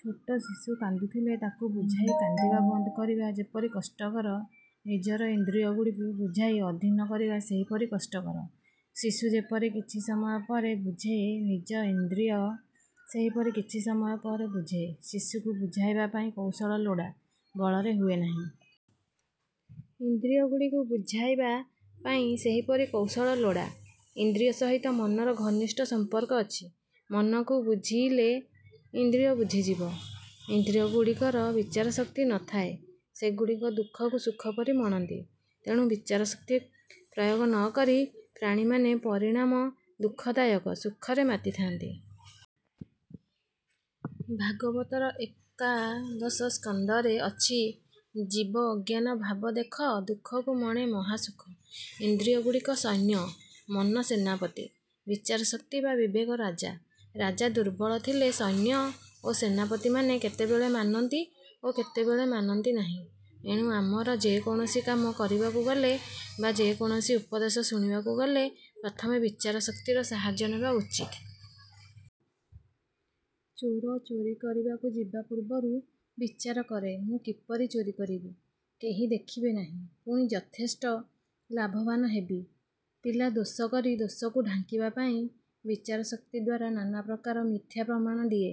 ଛୋଟ ଶିଶୁ କାନ୍ଦୁଥିଲେ ତାକୁ ବୁଝାଇ କନ୍ଦିବା ବନ୍ଦ କରିବା ଯେପରି କଷ୍ଟକର ନିଜର ଇନ୍ଦ୍ରିୟଗୁଡ଼ିକୁ ବୁଝାଇ ଅଧୀନ କରିବା ସେହିପରି କଷ୍ଟକର। ଶିଶୁ ଯେପରି କିଛି ସମୟ ପରେ ବୁଝେ ନିଜଇନ୍ଦ୍ରିୟ ସେହିପରି କିଛି ସମୟ ପରେ ବୁଝେ। ଶିଶୁକୁ ବୁଝାଇବା ପାଇଁ କୌଶକ ଲୋଡ଼ା ବଳରେ ହୁଏ ନାହିଁ। ଇନ୍ଦ୍ରିୟଗୁଡ଼ିକୁ ବୁଝାଇବା ପାଇଁ ସେହିପରି କୌଶଳ ଲୋଡ଼ା। ଇନ୍ଦ୍ରିୟ ସହିତ ମନର ଘନିଷ୍ଠ ସମ୍ପର୍କ ଅଛି। ମନକୁ ବୁଝିଇଲେ ଇନ୍ଦ୍ରିୟ ବୁଝିଯିବ। ଇନ୍ଦ୍ରିୟଗୁଡ଼ିକର ବିଚାରଶକ୍ତି ନ ଥାଏ। ସେଗୁଡ଼ିକ ଦୁଃଖକୁ ସୁଖପରି ମଣନ୍ତି। ତେଣୁ ବିଚାରଶକ୍ତି ପ୍ରୟୋଗ ନ କରି ପ୍ରାଣୀମାନେ ପରିଣାମ ଦୁଃଖ ଦାୟକ ସୁଖରେ ମାତିଥାନ୍ତି। ଭାଗବତର ଏକାଦଶସ୍କନ୍ଧରେ ଅଛି ଜୀବ ଅଜ୍ଞାନ ଭାବ ଦେଖ ଦୁଃଖକୁ ମଣେ ମହାସୁଖ। ଇନ୍ଦ୍ରିୟଗୁଡ଼ିକ ସୈନ୍ୟ ମନ ସେନାପତି, ବିଚାରଶକ୍ତି ବା ବିବେକ ରାଜା। ରାଜା ଦୁର୍ବଳ ଥିଲେ ସୈନ୍ୟ ଓ ସେନାପତିମାନେ କେତବେଳେ ମାନନ୍ତି ଓ କେତେବଳେ ମାନନ୍ତି ନାହିଁ। ଏଣୁ ଆମର ଯେ କୌଣସି କାମ କରିବାକୁ ଗଲେ ବା ଯେ କୌଣସି ଉପଦେଶ ଶୁଣିବାକୁ ଗଲେ, ପ୍ରଥମେ ବିଚାରଶକ୍ତିର ସାହାଯ୍ୟ ନେବା ଉଚିତ। ଚୋର ଚୋରି କରିବାକୁ ଯିବା ପୂର୍ବରୁ ବିଚାର କରେ, ମୁଁ କିପରି ଚୋରି କରିବି, କେହି ଦେଖିବେ ନାହିଁ, ପୁଣି ଯଥେଷ୍ଟ ଲାଭବାନ ହେବି। ପିଲା ଦୋଷ କରି ଦୋଷକୁ ଢାଙ୍କିବା ପାଇଁ ବିଚାରଶକ୍ତି ଦ୍ଵାରା ନାନାପ୍ରକାର ମିଥ୍ୟା ପ୍ରମାଣ ଦିଏ।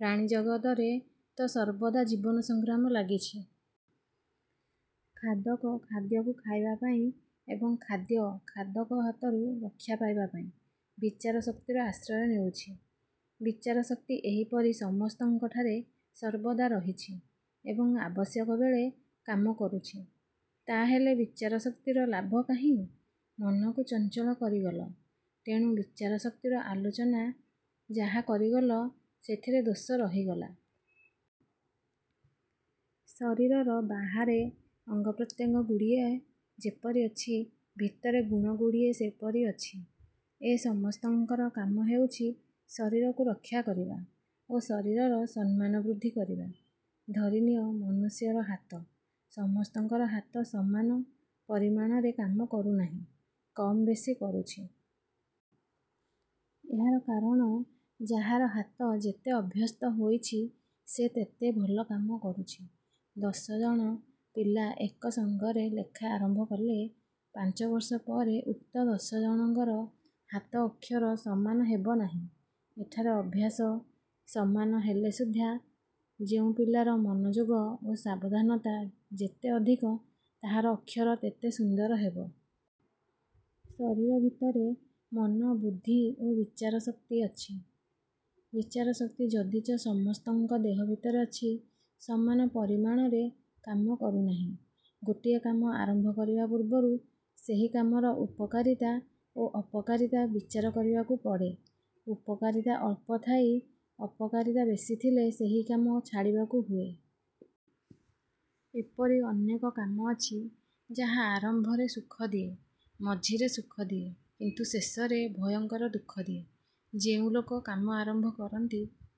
ପ୍ରାଣିଜଗତରେ ତ ସର୍ବଦା ଜୀବନ ସଂଗ୍ରାମ ଲାଗିଛି। ଖାଦକ ଖାଦ୍ୟକୁ ଖାଇବା ପାଇଁ ଏବଂ ଖାଦ୍ୟ ଖାଦକ ହାତରୁ ରକ୍ଷା ପାଇବା ପାଇଁ ବିଚାରଶକ୍ତିର ଆଶ୍ରୟ ନେଉଛି। ବିଚାରଶକ୍ତି ଏହିପରି ସମସ୍ତଙ୍କ ଠାରେ ସର୍ବଦା ରହିଛି ଏବଂ ଆବଶ୍ୟକ ବେଳେ କାମ କରୁଛି। ତା'ହେଲେ ବିଚାରଶକ୍ତିର ଲାଭ କାହିଁ? ମନକୁ ଚଞ୍ଚଳ କରିଗଲ। ତେଣୁ ବିଚାରଶକ୍ତିର ଆଲୋଚନା ଯାହା କରିଗଲ, ସେଥିରେ ଦୋଷ ରହିଗଲା। ଶରୀରର ବାହାରେ ଅଙ୍ଗପ୍ରତ୍ୟଙ୍ଗ ଗୁଡ଼ିଏ ଯେପରି ଅଛି ଭିତରେ ଗୁଣ ଗୁଡ଼ିଏ ସେପରି ଅଛି। ଏ ସମସ୍ତଙ୍କର କାମ ହେଉଛି ଶରୀରକୁ ରକ୍ଷା କରିବା ଓ ଶରୀରର ସମ୍ମାନ ବୃଦ୍ଧି କରିବା। ଧରିନିଅ, ମନୁଷ୍ୟର ହାତ। ସମସ୍ତଙ୍କର ହାତ ସମାନ ପରିମାଣରେ କାମ କରୁନାହିଁ, କମ୍ ବେଶୀ କରୁଛି। ଏହାର କାରଣ ଯାହାର ହାତ ଯେତେ ଅଭ୍ୟସ୍ତ ହୋଇଛି ସେ ତେତେ ଭଲ କାମ କରୁଛି। ଦଶଜଣ ପିଲା ଏକ ସଙ୍ଗରେ ଲେଖା ଆରମ୍ଭ କଲେ, ପାଞ୍ଚ ବର୍ଷ ପରେ ଉକ୍ତ ଦଶଜଣଙ୍କର ହାତ ଅକ୍ଷର ସମାନ ହେବ ନାହିଁ। ଏଠାରେ ଅଭ୍ୟାସ ସମାନ ହେଲେ ସୁଦ୍ଧା ଯେଉଁ ପିଲାର ମନୋଯୋଗ ଓ ସାବଧାନତା ଯେତେ ଅଧିକ ତାହାର ଅକ୍ଷର ତେତେ ସୁନ୍ଦର ହେବ। ଶରୀର ଭିତରେ ମନ, ବୁଦ୍ଧି ଓ ବିଚାରଶକ୍ତି ଅଛି। ବିଚାରଶକ୍ତି ଯଦିଚ ସମସ୍ତଙ୍କ ଦେହ ଭିତରେ ଅଛି, ସମାନ ପରିମାଣରେ କାମ କରୁନାହିଁ। ଗୋଟିଏ କାମ ଆରମ୍ଭ କରିବା ପୂର୍ବରୁ ସେହି କାମର ଉପକାରିତା ଓ ଅପକାରିତା ବିଚାର କରିବାକୁ ପଡ଼େ। ଉପକାରିତା ଅଳ୍ପ ଥାଇ ଅପକାରିତା ବେଶୀ ଥିଲେ ସେହି କାମ ଛାଡ଼ିବାକୁ ହୁଏ। ଏପରି ଅନେକ କାମ ଅଛି, ଯାହା ଆରମ୍ଭରେ ସୁଖଦିଏ, ମଝିରେ ସୁଖ ଦିଏ କିନ୍ତୁ ଶେଷରେ ଭୟଙ୍କର ଦୁଃଖ ଦିଏ। ଯେଉଁ ଲୋକ କାମ ଆରମ୍ଭ କରନ୍ତି -